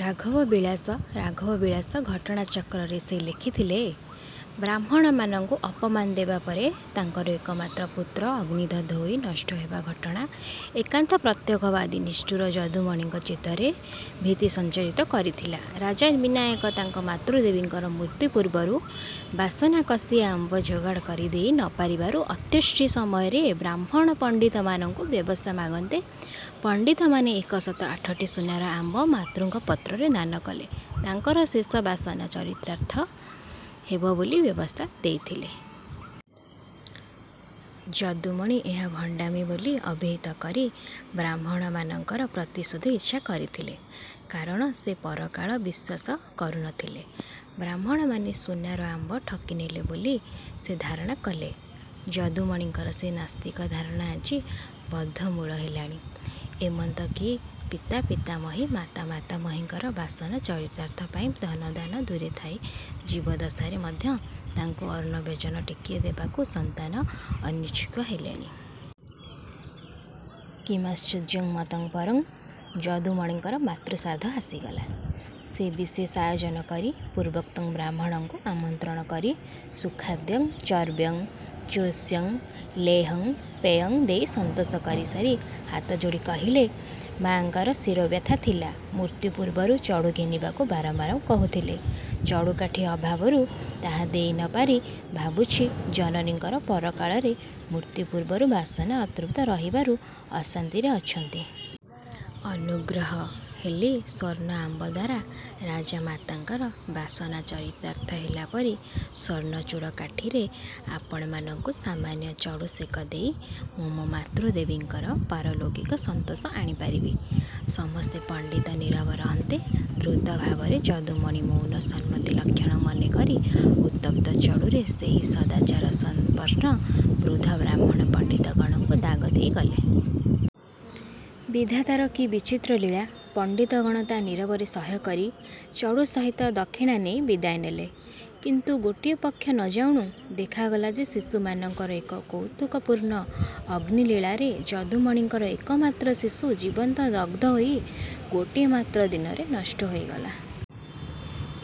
" ରାଘବ ବିଳାସ ରାଘବ ବିଳାସ ଘଟଣାଚକ୍ରରେ ସେ ଲେଖିଥିଲେ। ବ୍ରାହ୍ମଣମାନଙ୍କୁ ଅପମାନ ଦେବା ପରେ ତାଙ୍କର ଏକମାତ୍ର ପୁତ୍ର ଅଗ୍ନିଦଗ୍ଧ ହୋଇ ନଷ୍ଟହେବା ଘଟଣା ଏକାନ୍ତ ପ୍ରତ୍ୟକ୍ଷବାଦୀ ନିଷ୍ଠୁର ଯଦୁମଣିଙ୍କ ଚିତ୍ତରେ ଭୀତି ସଂଚାରିତ କରିଥିଲା। ରାଜା ବିନାୟକ ତାଙ୍କ ମାତୃଦେବୀଙ୍କର ମୃତ୍ୟୁପୂର୍ବର ବାସନା କଷିଆମ୍ବ ଯୋଗାଡ଼ କରିଦେଇ ନ ପାରିବାରୁ ଅନ୍ତ୍ୟେଷ୍ଟି ସମୟରେ ବ୍ରାହ୍ମଣ ପଣ୍ଡିତମାନଙ୍କୁ ବ୍ୟବସ୍ଥା ମାଗନ୍ତେ ପଣ୍ଡିତ ମାନେ ଏକଶତ ଆଠଟି ସୁନାର ଆମ୍ବ ମାତୃପତ୍ରରେ ଦାନକଲେ ତାଙ୍କର ଶେଷ ବାସନା ଚରିତାର୍ଥ ହେବ ବୋଲି ବ୍ୟବସ୍ଥା ଦେଇଥିଲେ। ଯଦୁମଣି ଏହା ଭଣ୍ଡାମି ବୋଲି ଅଭିହିତ କରି ବ୍ରାହ୍ମଣମାନଙ୍କର ପ୍ରତିଶୋଧ ଇଚ୍ଛା କରୁଥିଲେ। କାରଣ ସେ ପରକାଳ ବିଶ୍ୱାସ କରୁ ନ ଥିଲେ। ବ୍ରାହ୍ମଣମାନେ ସୁନାର ଆମ୍ବ ଠକିନେଲେ ବୋଲି ସେ ଧାରଣା କଲେ। ଯଦୁମଣିଙ୍କ ସେ ନାସ୍ତିକ ଧାରଣା ଆଜି ବଦ୍ଧମୂଳ ହେଲାଣି। ଏମନ୍ତ କି ପିତା, ପିତାମହୀ, ମାତା, ମାତାମହୀଙ୍କର ବାସନା ଚରିତାର୍ଥ ପାଇଁ ଧନ ଦାନ ଦୂରେ ଥାଉ ଜୀବଦ୍ଦଶାରେ ମଧ୍ୟ ତାଙ୍କୁ ଅନ୍ନବ୍ୟଞ୍ଜନ ଟିକିଏ ଦେବାକୁ ସନ୍ତାନ ଅନିଚ୍ଛୁକ ହେଲେଣି। କିମାଶ୍ଚର୍ଯ୍ୟମତଃ ପରଂ। ଯଦୁମଣିଙ୍କର ମାତୃଶ୍ରାଦ୍ଧ ଆସିଗଲା। ସେ ବିଶେଷ ଆୟୋଜନ କରି ପୂର୍ବୋକ୍ତ ବ୍ରାହ୍ମଣଙ୍କୁ ଆମନ୍ତ୍ରଣ କରି ସୁଖାଦ୍ୟ ଚର୍ବ୍ୟ, ଚୋଷ୍ୟ, ଲେହ୍ୟ, ପେୟ ଦେଇ ସନ୍ତୋଷ କରିସାରି ହାତଯୋଡ଼ି କହିଲେ,- ''ମାଆଙ୍କର ଶିରବ୍ୟଥା ଥିଲା। ମୃତ୍ୟୁ ପୂର୍ବରୁ ଚଡ଼ୁ ଘେନିବାକୁ ବାରମ୍ବାର କହିଥିଲେ। ଚଡ଼ୁକାଠି ଅଭାବରୁ ତାହା ଦେଇ ନପାରି ଭାବୁଛି ଜନନୀଙ୍କର ପରକାଳରେ ମୃତ୍ୟୁପୂର୍ବରୁ ବାସନା ଅତୃପ୍ତ ରହିବାରୁ ଅଶାନ୍ତିରେ ଅଛନ୍ତି। ଅନୁଗ୍ରହ ହେଲେ ସ୍ୱର୍ଣ୍ଣ ଆମ୍ବଦ୍ୱାରା ରାଜମାତାଙ୍କର ବାସନା ଚରିତାର୍ଥ ହେଲା ପରି ସ୍ୱର୍ଣ୍ଣଚୂଡ଼ କାଠିରେ ଆପଣମାନଙ୍କୁ ସାମାନ୍ୟ ଚଡ଼ୁସେକ ଦେଇ ମୁଁ ମୋ ମାତୃଦେବୀଙ୍କର ପାରଲୌକିକ ସନ୍ତୋଷ ଆଣିପାରିବି। " ସମସ୍ତ ପଣ୍ଡିତ ନୀରବ ରହନ୍ତେ, ଧୂର୍ତ୍ତ ଭାବରେ ଯଦୁମଣି ମୌନଂ ସମ୍ମତି ଲକ୍ଷଣଂ ମନେକରି ଉତ୍ତପ୍ତ ଚଡ଼ୁରେ ସେହି ସଦାଚାରସଂପନ୍ନ ବୃଦ୍ଧ ବ୍ରାହ୍ମଣ ପଣ୍ଡିତ ଗଣଙ୍କୁ ଦାଗ ଦେଇଗଲେ-। ବିଧାତାର କି ବିଚିତ୍ର ଲୀଳା! ପଣ୍ଡିତଗଣ ତା ନୀରବରେ ସହ୍ୟକରି ଚଡ଼ୁ ସହିତ ଦକ୍ଷିଣା ନେଇ ବିଦାୟ ନେଲେ। କିନ୍ତୁ ଗୋଟିଏ ପକ୍ଷ ନଯାଉଣୁ ଦେଖାଗଲା ଯେ ଶିଶୁମାନଙ୍କର ଏକ କୌତୁକପୂର୍ଣ୍ଣ ଅଗ୍ନିଲୀଳାରେ ଯଦୁମଣିଙ୍କର ଏକମାତ୍ର ଶିଶୁ ଜୀବନ୍ତ ଦଗ୍ଧ ହୋଇ ଗୋଟିଏ ମାତ୍ର ଦିନରେ ନଷ୍ଟ ହୋଇଗଲା।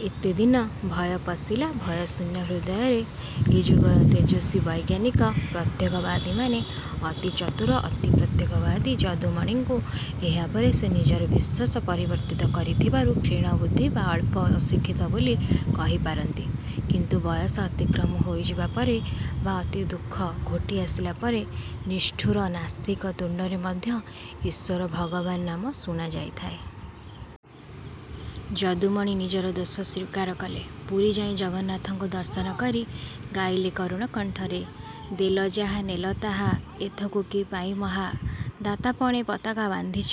ଏତେଦିନେ ଭୟ ପଶିଲା ଭୟଶୂନ୍ୟ ହୃଦୟରେ। ଏ ଯୁଗର ତେଜସ୍ୱୀ ବୈଜ୍ଞାନିକ ପ୍ରତ୍ୟକ୍ଷବାଦୀମାନେ ଅତି ଚତୁର, ଅତି ପ୍ରତ୍ୟକ୍ଷବାଦୀ ଯଦୁମଣିଙ୍କୁ ଏହାପରେ ସେ ନିଜର ବିଶ୍ୱାସ ପରିବର୍ତ୍ତିତ କରିଥିବାରୁ କ୍ଷୀଣ ବୁଦ୍ଧି ବା ଅଳ୍ପଶିକ୍ଷିତ ବୋଲି କହିପାରନ୍ତି। କିନ୍ତୁ ବୟସ ଅତିକ୍ରମ ହୋଇଯିବା ପରେ ବା ଅତି ଦୁଃଖ ଘୋଟିଆସିଲେ ଅତି ନିଷ୍ଠୁର ନାସ୍ତିକ ତୁଣ୍ଡରେ ମଧ୍ୟ ଈଶ୍ୱର ଭଗବାନ ନାମ ଶୁଣାଯାଇଥାଏ। ଯଦୁମଣି ନିଜର ଦୋଷ ସ୍ୱୀକାର କଲେ। ପୁରୀ ଯାଇ ଜଗନ୍ନାଥଙ୍କୁ ଦର୍ଶନ କରି ଗାଇଲେ କରୁଣ କଣ୍ଠରେ- ଦେଲ ଯାହା ନେଲ ତାହା, ଏଥିକୁ କିପାଇଁ ମହା ଦାତାପଣେ ପତାକା ବାନ୍ଧିଛ?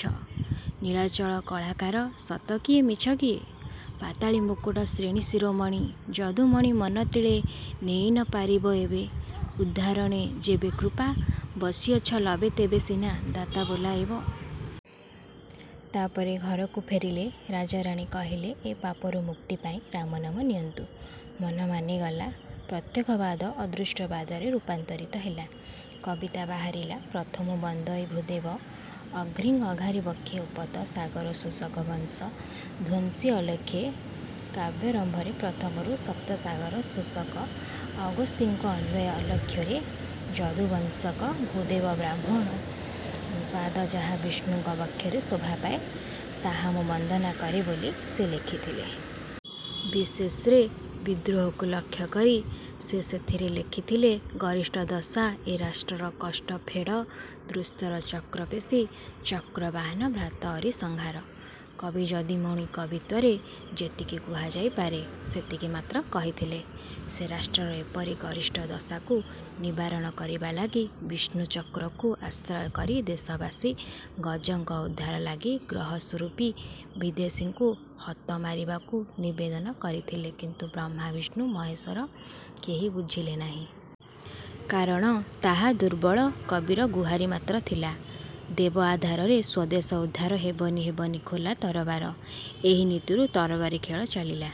ନୀଳାଚଳ କଳାକାର, ସତ କି ଏ ମିଛ? ପାତଳୀ ମୁକୁଟ ଶ୍ରେଣୀଶିରୋମଣୀ ଯଦୁମଣି ମନ ତିଳେ ନେଇ ନ ପାରିବ ଏବେ ଉଦ୍ଧାରଣେ ଯେବେକୃପା ବସିଅଛି ଲବେ ତେବେ ସିନା ଦାତା ବୋଲାଇବ। ତାପରେ ଘରକୁ ଫେରିଲେ। ରାଜାରାଣୀ କହିଲେ, ଏ ପାପରୁ ମୁକ୍ତି ପାଇଁ ରାମ ନାମ ନିଅନ୍ତୁ। ମନ ମାନିଗଲା। ପ୍ରତ୍ୟକ୍ଷବାଦ ଅଦୃଷ୍ଟବାଦରେ ରୂପାନ୍ତରିତ ହେଲା। କବିତା ବାହାରିଲା- ପ୍ରଥମୁଁ ବନ୍ଦଇ ଭୂଦେବ ଅଂଘ୍ରି ଅଘାରି ବକ୍ଷେ ଓପତ ସାଗର ଶୋଷକ ବଂଶ ଧ୍ୱଂସି ଅଲକ୍ଷେ। କାବ୍ୟାରମ୍ଭରେ ପ୍ରଥମୁଁ ସପ୍ତସାଗର ଶୋଷକ ଅଗସ୍ତିଙ୍କ ଅନ୍ୱୟ, ଅଲକ୍ଷରେ ଯଦୁବଂଶଧ୍ୱଂସକ ଭୂଦେବବ୍ରାହ୍ମଣ ପାଦ ଯାହା ବିଷ୍ଣୁଙ୍କ ବକ୍ଷରେ ଶୋଭାପାଏ, ତାହା ମୁଁ ବନ୍ଦନା କରେ ବୋଲି ସେ ଲେଖିଲେ। ବିଶେଷରେ ବିଦ୍ରୋହକୁ ଲକ୍ଷ୍ୟକରି ସେ ସେଥିରେ ଲେଖିଲେ- ଗରିଷ୍ଠ ଦଶା ଏ ରାଷ୍ଟ୍ର ର କଷ୍ଟ ଫେଡ଼ ଦୁସ୍ତର, ଚକ୍ରପେଷି ଶକ୍ରବାହନ ଭ୍ରାତ ଅରି ସଂହାର। କବି ଯଦୁମଣି କବିତ୍ୱରେ ଯେତିକି କୁହାଯାଇପାରେ ସେତିକି ମାତ୍ର କହିଲେ। ସେ ରାଷ୍ଟ୍ରର ଏପରି ଗରିଷ୍ଠ ଦଶାକୁ ନିବାରଣ କରିବା ଲାଗି ବିଷ୍ଣୁଚକ୍ରକୁ ଆଶ୍ରୟ କରିଦେଶବାସୀ ଗଜଙ୍କ ଉଦ୍ଧାର ଲାଗି ଗ୍ରହସ୍ୱରୂପୀ ବିଦେଶୀଙ୍କୁ ହତ କରିବାକୁ ନିବେଦନ କରିଥିଲେ, କିନ୍ତୁ ବ୍ରହ୍ମା, ବିଷ୍ଣୁ, ମହେଶ୍ୱର କେହି ବୁଝିଲେ ନାହିଁ। କାରଣ ତାହା ଦୁର୍ବଳ କବିର ଗୁହାରି ମାତ୍ର ଥିଲା। ଦେବ ଆରାଧରେ ସ୍ୱଦେଶ ଉଦ୍ଧାର ହେବନି ହେବନି ଖୋଲ ତରବାର। ଏହି ନୀତିରୁ ତରବାରୀ ଖେଳ ଚାଲିଲା।